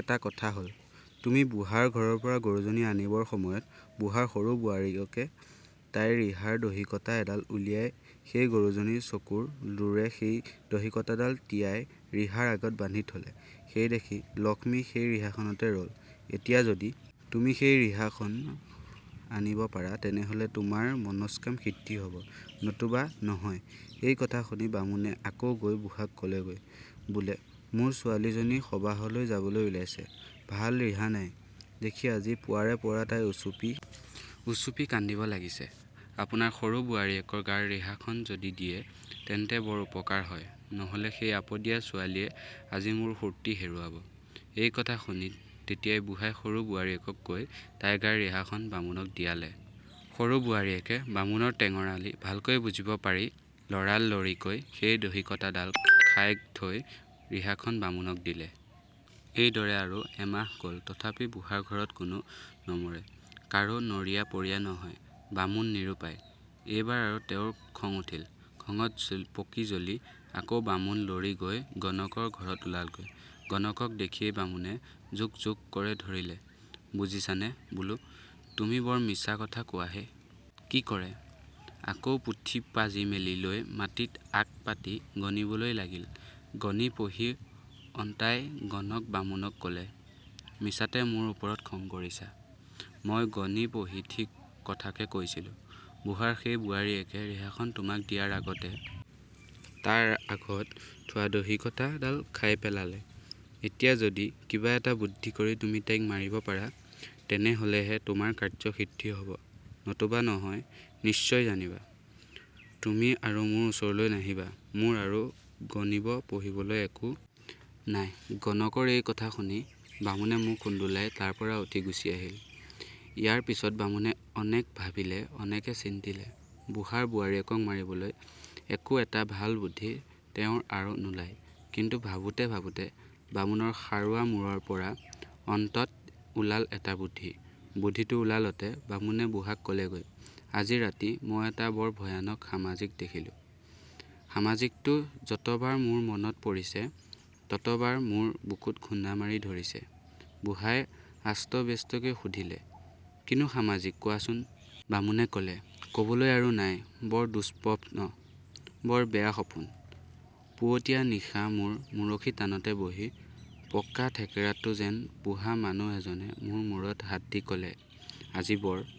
এটা কথা হ'ল,-তুমি বুঢ়াৰ ঘৰৰপৰা গৰুজনী আনিবৰ সময়ত বুঢ়াৰ সৰু বোৱাৰীয়েকে তাইৰ ৰিহাৰ দহিকটা এডাল উলিয়াই সেই গৰুজনীৰ চকুৰ লোৰে সেই দহিকটাডাল তিয়াই ৰিহাৰ আগত বান্ধি থ'লে, সেইদেখি লক্ষ্মী সেই ৰিহাখনতে ৰ'ল৷ এতিয়া যদি তুমি সেই ৰিহাখনষ আনিব পাৰা তেনেহলে তোমাৰ মনস্কাম সিদ্ধি হব, নতুবা নহয়৷ " এই কথা শুনি বামুণে আকৌ গৈ বুঢ়াক ক'লেগৈ বোলে "মোৰ ছোৱালীজনী সবাহলৈ যাবলৈ ওলাইছে; ভাল ৰিহা নাই দেখি আজি পুৱাৰেপৰা তাই উচুপি উচুপি কান্দিব লাগিছে; আপোনাৰ সৰু বোৱাৰীয়েকৰ গাৰ ৰিহাখন যদি দিয়ে তেন্তে বৰ উপকাৰ হয়, নহলে সেই আপদীয়া ছোৱালীয়ে আজি মোৰ সূৰ্ত্তি হেৰুৱাব৷ "এই কথা শুনি তেতিয়াই বুঢ়াই সৰু বোৱাৰীয়েকক কৈ তাইৰ গাৰ ৰিহাখন বামুণক দিয়ালে৷ সৰু বোৱাৰীয়েকে বামুণৰ টেঙৰালি ভালকৈ বুজিব পাৰি লৰালৰিকৈ সেই দহিকটাডাল খাই থৈ ৰিহাখন বামুণক দিলে৷। এইদৰে আৰু এমাহ গ'ল তথাপি বুঢ়াৰ ঘৰত কোনো নমৰে, কাৰো নৰীয়া-পৰীয়া নহয়৷ বামুণ নিৰুপায়৷ এইবাৰ আৰু তেওঁৰ খং উঠিল৷ খঙত পকি-জ্বলি আকৌ বামুণ লৰি গৈ গণকৰ ঘৰত ওলালগৈ৷ গণকক দেখিয়েই বামুণে জোক্ জোক্ কৰে ধৰিলে, "বুজিছা নে বোলোঁ, তুমি বৰ মিছা কথা কোৱাঁ হেঁ! কি কৰে? আকৌ পুথি-পাঁজি মেলি লৈ মাটিত আঁক পাতি গণিবলৈ লাগিল৷ গণি-পঢ়ি অঁতাই গণকে বামুণক ক'লে, "মিছাতে মোৰ ওপৰত খং কৰিছা৷ মই গণি-পঢ়ি ঠিক কথাকে কৈছিলোঁ৷ বুঢ়াৰ সেই বোৱাৰীয়েকে ৰিহাখন তোমাক দিয়াৰ আগতে তাৰ আগত থোৱা দহিকটাডাল খাই পেলালে৷ এতিয়া যদি কিবা এটা বুদ্ধি কৰি তুমি তাইক মাৰিব পাৰা তেনেহলে হে তোমাৰ কাৰ্য্য সিদ্ধি হব, নতুবা নহয় নিশ্চয় জানিবা৷ তুমি আৰু মোৰ ওচৰলৈ নাহিবা, মোৰ আৰু গণিব-পঢ়িবলৈ একো নাই৷ "গণকৰ এই উত্তৰ শুনি বামুণে মুখ ওন্দোলাই তাৰপৰা উঠি গুচি আহিল৷ ইয়াৰ পিছত বামুণে অনেক ভাবিলে অনেকে চিন্তিলে৷ বুঢ়াৰ বোৱাৰীয়েকক মাৰিবলৈ একো এটা ভাল বুধি তেওঁৰ আৰু নোলায়৷ কিন্তু ভাবোঁতে ভাবোঁতে বামুণৰ সাৰুৱা মূৰৰপৰা অন্তত ওলাল এটা বুধি৷ বুধিটো ওলালতে বামুণে বুঢ়াক কলেগৈ "আজি ৰাতি মই এটা বৰ ভয়ানক সমাজিক দেখিলো৷ সমাজিকটো যতবাৰ মোৰ মনত পৰিছে, ততবাৰ মোৰ বুকুত খুন্দা মাৰি ধৰিছে৷ "বুঢ়াই আস্তবেস্তকৈ সুধিলে, "কিনো সমাজিক কোৱাচোন? "বামুণে ক'লে-"কবলৈ আৰু নাই! বৰ দু:স্বপ্ন! বৰ বেয়া সপোন! পুঁৱতীয়া নিশা মোৰ মূৰশিতানতে বহি পকা-থেকেৰাটো যেন বুঢ়া মানুহ এজনে মোৰ মূৰত হাত দি ক'লে-"আজি বৰ